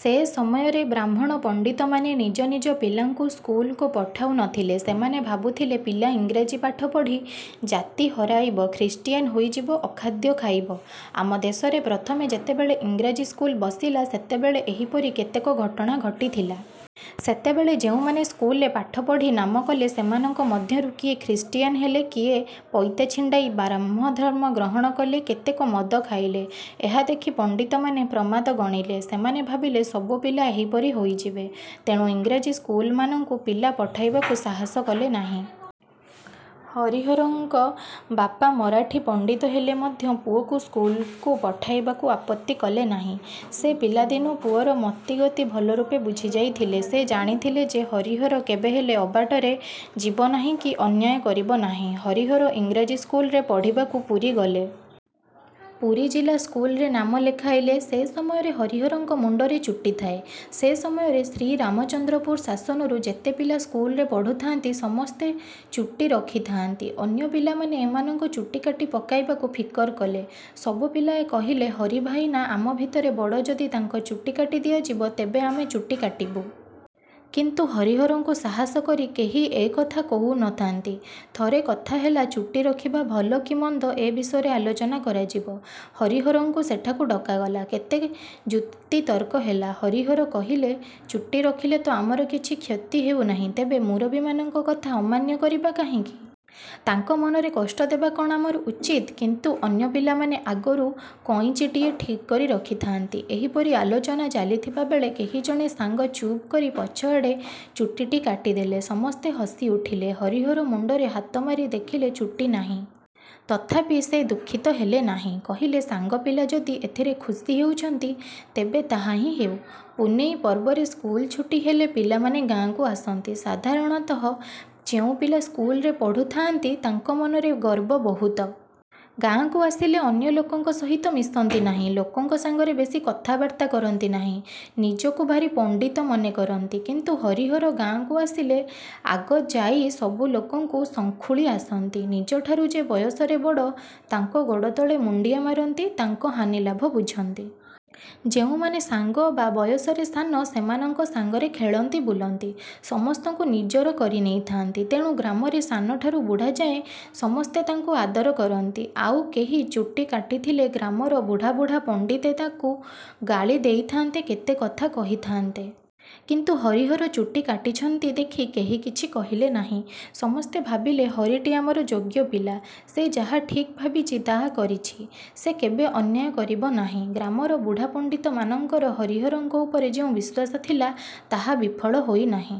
ସେ ସମୟରେ ବ୍ରାହ୍ମଣ ପଣ୍ଡିତମାନେ ନିଜ ନିଜ ପିଲାଙ୍କୁ ସ୍କୁଲକୁ ପଠାଉ ନ ଥିଲେ। ସେମାନେ ଭାବୁଥିଲେ ପିଲା ଇଂରାଜୀ ପାଠ ପଢ଼ି ଜାତି ହରାଇବ ଖ୍ରୀଷ୍ଟିୟାନ ହୋଇଯିବ ଅଖାଦ୍ୟ ଖାଇବ। ଆମ ଦେଶରେ ପ୍ରଥମେ ଯେତେବେଳେ ଇଂରାଜୀ ସ୍କୁଲ ବସିଲା ସେତେବେଳେ ଏହିପରି କେତେକ ଘଟଣା ଘଟିଥିଲା। ସେତେବେଳେ ଯେଉଁମାନେ ସ୍କୁଲରେ ପାଠ ପଢ଼ି ନାମ କଲେ ସେମାନଙ୍କ ମଧ୍ୟରୁ କିଏ ଖ୍ରୀଷ୍ଟିୟାନ ହେଲେ କିଏ ପଇତା ଛିଣ୍ଡାଇ ବ୍ରାହମଧର୍ମ ଗ୍ରହଣ କଲେ କେତେକ ମଦ ଖାଇଲେ। ଏହା ଦେଖି ପଣ୍ଡିତମାନେ ପ୍ରମାଦ ଗଣିଲେ। ସେମାନେ ଭାବିଲେ ସବୁ ପିଲା ଏହିପରି ହୋଇଯିବେ। ତେଣୁ ଇଂରାଜୀ ସ୍କୁଲମାନଙ୍କୁ ପିଲା ପଠାଇବାକୁ ସାହସ କଲେ ନାହିଁ। ହରିହରଙ୍କ ବାପା ମରାଠୀ ପଣ୍ଡିତ ହେଲେ ମଧ୍ୟ ପୁଅକୁ ସ୍କୁଲକୁ ପଠାଇବାକୁ ଆପତ୍ତି କଲେ ନାହିଁ। ସେ ପିଲାଦିନୁ ପୁଅର ମତିଗତି ଭଲରୂପେ ବୁଝିଯାଇଥିଲେ। ସେ ଜାଣିଥିଲେ ଯେ ହରିହର କେବେହେଲେ ଅବାଟରେ ଯିବ ନାହିଁ କି ଅନ୍ୟାୟ କରିବ ନାହିଁ। ହରିହର ଇଂରାଜୀ ସ୍କୁଲରେ ପଢ଼ିବାକୁ ପୁରୀ ଗଲେ। ପୁରୀ ଜିଲ୍ଲା ସ୍କୁଲରେ ନାମ ଲେଖାଇଲେ। ସେ ସମୟରେ ହରିହରଙ୍କ ମୁଣ୍ଡରେ ଚୁଟି ଥାଏ। ସେ ସମୟରେ ଶ୍ରୀରାମଚନ୍ଦ୍ରପୁର ଶାସନରୁ ଯେତେ ପିଲା ସ୍କୁଲରେ ପଢ଼ୁଥାନ୍ତି ସମସ୍ତେ ଚୁଟି ରଖିଥାଆନ୍ତି। ଅନ୍ୟ ପିଲାମାନେ ଏମାନଙ୍କ ଚୁଟି କାଟି ପକାଇବାକୁ ଫିକର କଲେ। ସବୁ ପିଲାଏ କହିଲେ ହରି ଭାଇନା ଆମ ଭିତରେ ବଡ଼ ଯଦି ତାଙ୍କ ଚୁଟି କାଟି ଦିଆଯିବ ତେବେ ଆମେ ଚୁଟି କାଟିବୁ। କିନ୍ତୁ ହରିହରଙ୍କୁ ସାହସ କରି କେହି ଏ କଥା କୋହୁ ନ ଥାନ୍ତି। ଥରେ କଥା ହେଲା ଚୁଟି ରଖିବା ଭଲ କି ମନ୍ଦ ଏ ବିଷୟରେ ଆଲୋଚନା କରାଯିବ। ହରିହରଙ୍କୁ ସେଠାକୁ ଡକାଗଲା। କେତେ ଯୁକ୍ତିତର୍କ ହେଲା। ହରିହର କହିଲେ ଚୁଟି ରଖିଲେ ତ ଆମର କିଛି କ୍ଷତି ହେଉ ନାହିଁ ତେବେ ମୁରବିମାନଙ୍କ କଥା ଅମାନ୍ୟ କରିବା କାହିଁକି? ତାଙ୍କ ମନରେ କଷ୍ଟ ଦେବା କ’ଣ ଆମର ଉଚିତ୍? କିନ୍ତୁ ଅନ୍ୟ ପିଲାମାନେ ଆଗରୁ କଇଞ୍ଚିଟିଏ ଠିକ୍ କରି ରଖିଥାଆନ୍ତି। ଏହିପରି ଆଲୋଚନା ଚାଲିଥିବାବେଳେ କେହି ଜଣେ ସାଙ୍ଗ ଚୁପ୍ କରି ପଛଆଡ଼େ ଚୁଟିଟି କାଟିଦେଲେ। ସମସ୍ତେ ହସିଉଠିଲେ। ହରିହର ମୁଣ୍ଡରେ ହାତମାରି ଦେଖିଲେ ଚୁଟି ନାହିଁ। ତଥାପି ସେ ଦୁଃଖିତ ହେଲେ ନାହିଁ। କହିଲେ ସାଙ୍ଗ ପିଲା ଯଦି ଏଥିରେ ଖୁସି ହେଉଛନ୍ତି ତେବେ ତାହା ହିଁ ହେଉ। ପୁନେଇ ପର୍ବରେ ସ୍କୁଲ ଛୁଟି ହେଲେ ପିଲାମାନେ ଗାଁକୁ ଆସନ୍ତି। ସାଧାରଣତଃ ଯେଉଁ ପିଲା ସ୍କୁଲରେ ପଢ଼ୁଥାଆନ୍ତି ତାଙ୍କ ମନରେ ଗର୍ବ ବୋହୁତ। ଗାଁକୁ ଆସିଲେ ଅନ୍ୟ ଲୋକଙ୍କ ସହିତ ମିଶନ୍ତି ନାହିଁ। ଲୋକଙ୍କ ସାଙ୍ଗରେ ବେଶୀ କଥାବାର୍ତ୍ତା କରନ୍ତି ନାହିଁ। ନିଜକୁ ଭାରି ପଣ୍ଡିତ ମନେକରନ୍ତି। କିନ୍ତୁ ହରିହର ଗାଁକୁ ଆସିଲେ ଆଗ ଯାଇ ସବୁ ଲୋକଙ୍କୁ ସଙ୍ଖୁଳି ଆସନ୍ତି। ନିଜଠାରୁ ଯେ ବୟସରେ ବଡ଼ ତାଙ୍କ ଗୋଡ଼ତଳେ ମୁଣ୍ଡିଆ ମାରନ୍ତି ତାଙ୍କ ହାନିଲାଭ ବୁଝନ୍ତି। ଯେଉଁମାନେ ସାଙ୍ଗ ବା ବୟସରେ ସାନ ସେମାନଙ୍କ ସାଙ୍ଗରେ ଖେଳନ୍ତି ବୁଲନ୍ତି। ସମସ୍ତଙ୍କୁ ନିଜର କରିନେଇଥାନ୍ତି। ତେଣୁ ଗ୍ରାମରେ ସାନଠାରୁ ବୁଢ଼ାଯାଏ ସମସ୍ତେ ତାଙ୍କୁ ଆଦର କରନ୍ତି। ଆଉ କେହି ଚୁଟି କାଟିଥିଲେ ଗ୍ରାମର ବୁଢ଼ା ବୁଢ଼ା ପଣ୍ଡିତେ ତାକୁ ଗାଳି ଦେଇଥାନ୍ତେ କେତେ କଥା କହିଥାନ୍ତେ। କିନ୍ତୁ ହରିହର ଚୁଟି କାଟିଛନ୍ତି ଦେଖି କେହି କିଛି କହିଲେ ନାହିଁ। ସମସ୍ତେ ଭାବିଲେ ହରିଟି ଆମର ଯୋଗ୍ୟ ପିଲା। ସେ ଯାହା ଠିକ୍ ଭାବିଛି ତା କରିଛି। ସେ କେବେ ଅନ୍ୟାୟ କରିବ ନାହିଁ। ଗ୍ରାମର ବୁଢ଼ା ପଣ୍ଡିତମାନଙ୍କର ହରିହରଙ୍କ ଉପରେ ଯେଉଁ ବିଶ୍ୱାସ ଥିଲା ତାହା ବିଫଳ ହୋଇନାହିଁ।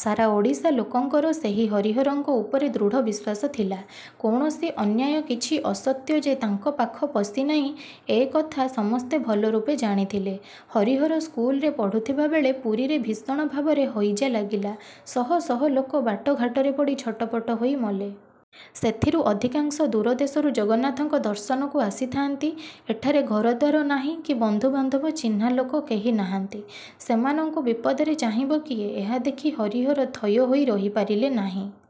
ସାରା ଓଡ଼ିଶା ଲୋକଙ୍କର ସେହି ହରିହରଙ୍କ ଉପରେ ଦୃଢ଼ ବିଶ୍ୱାସ ଥିଲା। କୌଣସି ଅନ୍ୟାୟ କିଛି ଅସତ୍ୟ ଯେ ତାଙ୍କ ପାଖ ପଶି ନାହିଁ ଏ କଥା ସମସ୍ତେ ଭଲରୂପେ ଜାଣିଥିଲେ। ହରିହର ସ୍କୁଲରେ ପଢ଼ୁଥିଲାବେଳେ ପୁରୀରେ ଭୀଷଣ ଭାବରେ ହଇଜା ଲାଗିଲା। ଶହ ଶହ ଲୋକ ବାଟଘାଟରେ ପଡ଼ି ଛଟପଟ ହୋଇ ମଲେ। ସେଥିରୁ ଅଧିକାଂଶ ଦୂର ଦେଶରୁ ଜଗନ୍ନାଥଙ୍କ ଦର୍ଶନକୁ ଆସିଥାଆନ୍ତି। ଏଠାରେ ଘରଦ୍ୱାର ନାହିଁ କି ବନ୍ଧୁବାନ୍ଧବ ଚିହ୍ନା ଲୋକ କେହି ନାହାନ୍ତି। ସେମାନଙ୍କୁ ବିପଦରେ ଚାହିଁବ କିଏ? ଏହା ଦେଖି ହରିହର ଥୟ ହୋଇ ରହିପାରିଲେ ନାହିଁ।